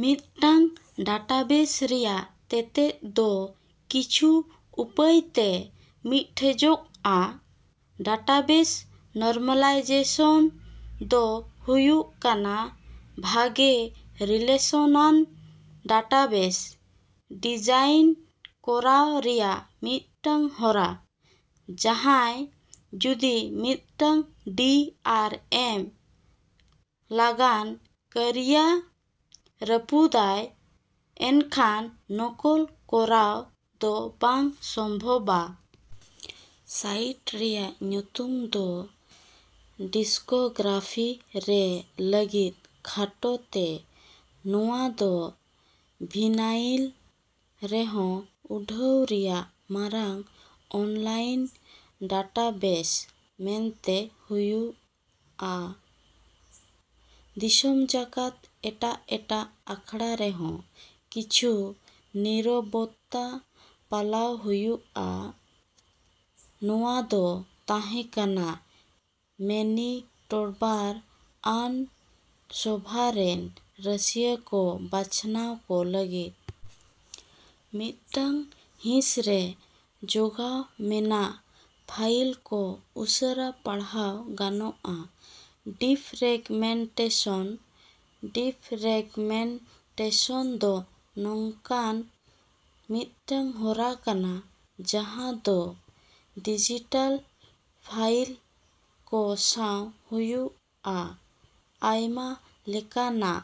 ᱢᱤᱫᱴᱟᱝ ᱰᱟᱴᱟᱵᱮᱥ ᱨᱮᱭᱟᱜ ᱛᱮᱛᱮᱫ ᱫᱚ ᱠᱤᱪᱷᱩ ᱩᱯᱟᱹᱭᱛᱮ ᱢᱤᱫᱴᱷᱮᱡᱚᱜᱼᱟ᱾ ᱰᱟᱴᱟᱵᱮᱥ ᱱᱚᱨᱢᱟᱞᱟᱭᱡᱮᱥᱚᱱ ᱫᱚ ᱦᱩᱭᱩᱜ ᱠᱟᱱᱟ, ᱵᱷᱟᱜᱮ ᱨᱤᱞᱮᱥᱚᱱᱟᱱ ᱰᱟᱴᱟᱵᱮᱥ ᱰᱤᱡᱟᱭᱤᱱ ᱠᱚᱨᱟᱣ ᱨᱮᱭᱟᱜ ᱢᱤᱫᱴᱟᱝ ᱦᱚᱨᱟ᱾ ᱡᱟᱦᱟᱭ ᱡᱩᱫᱤ ᱢᱤᱫᱴᱟᱝ ᱰᱤ ᱟᱨ ᱮᱢ ᱞᱟᱜᱟᱱ ᱠᱟᱹᱨᱤᱭ ᱨᱟᱹᱯᱩᱫᱟᱭ ᱮᱱᱠᱷᱟᱱ ᱱᱚᱠᱚᱞ ᱠᱚᱨᱟᱣ ᱫᱚ ᱵᱟᱝ ᱥᱚᱢᱵᱷᱚᱵᱟ᱾ ᱥᱟᱭᱤᱴ ᱨᱮᱭᱟᱜ ᱧᱩᱛᱩᱢ ᱫᱚ ᱰᱤᱥᱠᱳᱜᱨᱟᱯᱷᱤ ᱨᱮ ᱞᱟᱹᱜᱤᱫ ᱠᱷᱟᱴᱚᱛᱮ᱾ ᱱᱚᱶᱟ ᱫᱚ ᱵᱷᱤᱱᱟᱭᱤᱞ ᱨᱮᱦᱚᱸ ᱩᱰᱷᱟᱹᱣ ᱨᱮᱭᱟᱜ ᱢᱟᱨᱟᱝ ᱚᱱᱞᱟᱭᱤᱱ ᱰᱟᱴᱟᱵᱮᱥ ᱢᱮᱱᱛᱮ ᱦᱩᱭᱩᱜᱼᱟ᱾ ᱫᱤᱥᱚᱢ ᱡᱟᱠᱟᱛ ᱮᱴᱟᱜ ᱮᱴᱟᱜ ᱟᱠᱷᱲᱟᱨᱮᱦᱚᱸ ᱠᱤᱪᱷᱩ ᱱᱤᱨᱚᱵᱚᱛᱟ ᱯᱟᱞᱟᱣ ᱦᱩᱭᱩᱜᱼᱟ᱾ ᱱᱚᱶᱟ ᱫᱚ ᱛᱟᱦᱮᱸ ᱠᱟᱱᱟ ᱢᱮᱹᱱᱤᱴᱳᱵᱟᱨ ᱟᱹᱱ ᱥᱚᱵᱷᱟ ᱨᱮᱱ ᱨᱟᱹᱥᱭᱟᱹ ᱠᱚ ᱵᱟᱪᱷᱱᱟᱣ ᱠᱚ ᱞᱟᱹᱜᱤᱫ᱾ ᱢᱤᱫᱴᱟᱝ ᱦᱤᱸᱥᱨᱮ ᱡᱚᱜᱟᱣ ᱢᱮᱱᱟᱜ ᱯᱷᱟᱭᱤᱞ ᱠᱚ ᱩᱥᱟᱹᱨᱟ ᱯᱟᱬᱦᱟᱣ ᱜᱟᱱᱚᱜᱼᱟ᱾ ᱰᱤᱯᱷᱨᱮᱜᱢᱮᱱᱴᱮᱥᱚᱱ ᱰᱤᱯᱷᱨᱮᱜᱢᱮᱱᱴᱮᱥᱚᱱ ᱫᱚ ᱱᱚᱝᱠᱟᱱ ᱢᱤᱫᱴᱟᱝ ᱦᱚᱨᱟ ᱠᱟᱱᱟ ᱡᱟᱦᱟ ᱫᱚ ᱰᱤᱡᱤᱴᱟᱞ ᱯᱷᱟᱭᱤᱞ ᱠᱚ ᱥᱟᱣ ᱦᱩᱭᱩᱜᱼᱟ᱾ ᱟᱭᱢᱟ ᱞᱮᱠᱟᱱᱟᱜ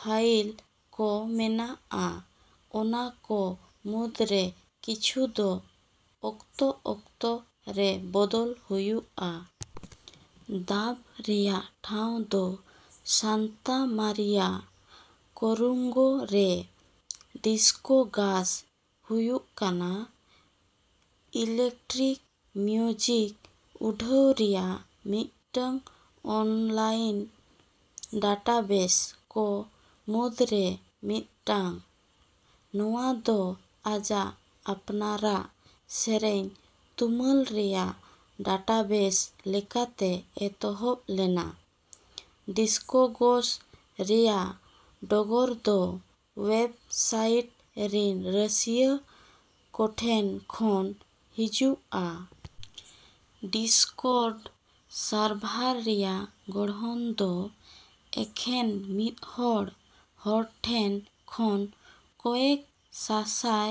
ᱯᱷᱟᱭᱤᱞ ᱠᱚ ᱢᱮᱱᱟᱜᱼᱟ, ᱚᱱᱟ ᱠᱚ ᱢᱩᱫᱨᱮ ᱠᱤᱪᱷᱩ ᱫᱚ ᱚᱠᱛᱚ ᱚᱠᱛᱚ ᱨᱮ ᱵᱚᱫᱚᱞ ᱦᱩᱭᱩᱜᱼᱟ᱾ ᱰᱟᱵ ᱨᱮᱭᱟᱜ ᱴᱷᱟᱣ ᱫᱚ ᱥᱟᱱᱛᱟ ᱢᱟᱨᱤᱭᱟ ᱠᱚᱨᱳᱝᱜᱳ ᱨᱮ᱾ ᱰᱤᱥᱠᱳᱜᱟᱥ ᱦᱩᱭᱩᱜ ᱠᱟᱱᱟ ᱤᱞᱮᱠᱴᱨᱤᱠ ᱢᱤᱭᱩᱡᱤᱠ ᱩᱰᱷᱟᱹᱣ ᱨᱮᱭᱟᱜ ᱢᱟᱨᱟᱝ ᱚᱱᱞᱟᱭᱤᱱ ᱰᱟᱴᱟᱵᱮᱥ ᱠᱚ ᱢᱩᱫᱨᱮ ᱢᱤᱫᱴᱟᱝ᱾ ᱱᱚᱶᱟ ᱫᱚ ᱟᱡᱟᱜ ᱟᱯᱱᱟᱨᱟᱜ ᱥᱮᱹᱨᱮᱹᱧ ᱛᱩᱢᱟᱹᱞ ᱨᱮᱭᱟᱜ ᱰᱟᱴᱟᱵᱮᱥ ᱞᱮᱠᱟᱛᱮ ᱮᱛᱚᱦᱚᱵ ᱞᱮᱱᱟ᱾ ᱰᱤᱥᱠᱳᱜᱚᱥ ᱨᱮᱭᱟᱜ ᱰᱚᱜᱚᱨ ᱫᱚ ᱳᱭᱮᱵᱽ ᱥᱟᱭᱤᱴ ᱨᱮᱱ ᱨᱟᱹᱥᱤᱭᱟᱹ ᱠᱚᱴᱷᱮᱱ ᱠᱷᱚᱱ ᱦᱤᱡᱩᱜᱼᱟ᱾ ᱰᱤᱥᱠᱚᱨᱰ ᱥᱟᱨᱵᱷᱟᱨ ᱨᱮᱭᱟᱜ ᱜᱚᱲᱦᱚᱱ ᱫᱚ ᱮᱠᱷᱮᱱ ᱢᱤᱫᱦᱚᱲ ᱦᱚᱲᱴᱷᱮᱱ ᱠᱷᱚᱱ ᱠᱚᱭᱮᱠ ᱥᱟᱥᱟᱭ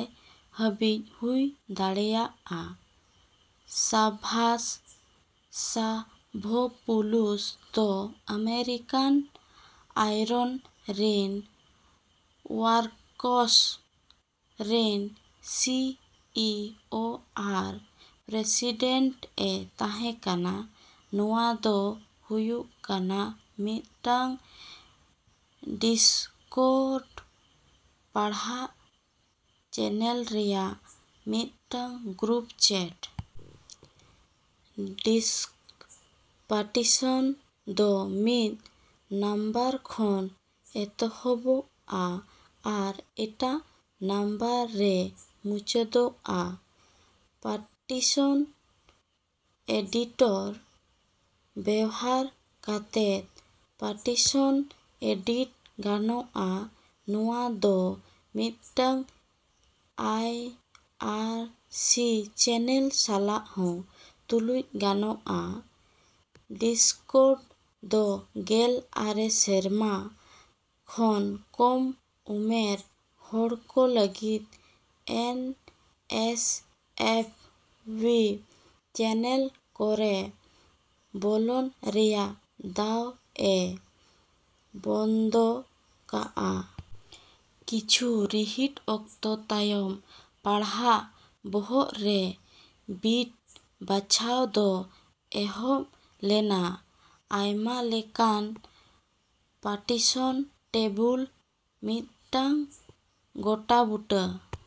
ᱦᱟᱹᱵᱤᱡ ᱦᱩᱭ ᱫᱟᱲᱮᱭᱟᱜᱼᱟ᱾ ᱥᱟᱵᱷᱟᱥ ᱥᱟᱵᱷᱳᱯᱳᱞᱳᱥ ᱫᱚ ᱟᱢᱮᱨᱤᱠᱟᱱ ᱟᱭᱨᱚᱱ ᱨᱮᱱ ᱳᱣᱟᱨᱠᱥ ᱨᱮᱱ ᱥᱤ ᱤ ᱳ ᱟᱨ ᱯᱨᱮᱥᱤᱰᱮᱱᱴ ᱮ ᱛᱟᱦᱮᱸ ᱠᱟᱱᱟ᱾ ᱱᱚᱶᱟ ᱫᱚ ᱦᱩᱭᱩᱜ ᱠᱟᱱᱟ ᱢᱤᱫᱴᱟᱝ ᱰᱤᱥᱠᱚᱨᱰ ᱯᱟᱲᱦᱟᱜ ᱪᱮᱹᱱᱮᱞ ᱨᱮᱭᱟᱜ ᱢᱤᱫᱴᱟᱝ ᱜᱨᱩᱯ ᱪᱮᱹᱴ᱾ ᱰᱤᱥᱠ ᱯᱟᱨᱴᱤᱥᱚᱱ ᱫᱚ ᱢᱤᱫ ᱱᱟᱢᱵᱟᱨ ᱠᱷᱚᱱ ᱮᱛᱚᱦᱚᱵᱚᱼᱟ ᱟᱨ ᱮᱴᱟᱜ ᱱᱟᱢᱵᱟᱨ ᱨᱮ ᱢᱩᱪᱟᱹᱫᱚᱜᱼᱟ᱾ ᱯᱟᱨᱴᱤᱥᱚᱱ ᱮᱰᱤᱴᱚᱨ ᱵᱮᱣᱦᱟᱨ ᱠᱟᱛᱮ ᱯᱟᱨᱴᱤᱥᱚᱱ ᱮᱰᱤᱴ ᱜᱟᱱᱚᱜᱼᱟ᱾ ᱱᱚᱶᱟ ᱫᱚ ᱢᱤᱫᱴᱟᱝ ᱟᱭ ᱟᱨ ᱥᱤ ᱪᱮᱹᱱᱮᱞ ᱥᱟᱞᱟᱜ ᱦᱚᱸ ᱛᱩᱞᱩᱡ ᱜᱟᱱᱚᱜᱼᱟ᱾ ᱰᱤᱥᱠᱚᱨᱰ ᱫᱚ ᱜᱮᱞ ᱟᱨᱮ ᱥᱮᱨᱢᱟ ᱠᱷᱚᱱ ᱠᱚᱢ ᱩᱢᱮᱨ ᱦᱚᱲᱠᱚ ᱞᱟᱹᱜᱤᱫ ᱮᱱ ᱮᱥ ᱮᱯᱷ ᱣ ᱪᱮᱹᱱᱮᱞ ᱠᱚᱨᱮ ᱵᱚᱞᱚᱱ ᱨᱮᱭᱟᱜ ᱫᱟᱣ ᱮ ᱵᱚᱱᱫᱚ ᱠᱟᱜᱼᱟ᱾ ᱠᱤᱪᱷᱩ ᱨᱤᱦᱤᱴ ᱚᱠᱛᱚ ᱛᱟᱭᱚᱢ ᱯᱟᱲᱦᱟᱜ ᱵᱚᱦᱚᱜ ᱨᱮ ᱵᱤᱴ ᱵᱟᱪᱷᱟᱣ ᱫᱚ ᱮᱦᱚᱵ ᱞᱮᱱᱟ᱾ ᱟᱭᱢᱟᱞᱮᱠᱟᱱ ᱯᱟᱨᱴᱤᱥᱚᱱ ᱴᱮᱵᱤᱞ ᱢᱤᱫᱴᱟᱝ ᱜᱚᱴᱟᱵᱩᱴᱟᱹ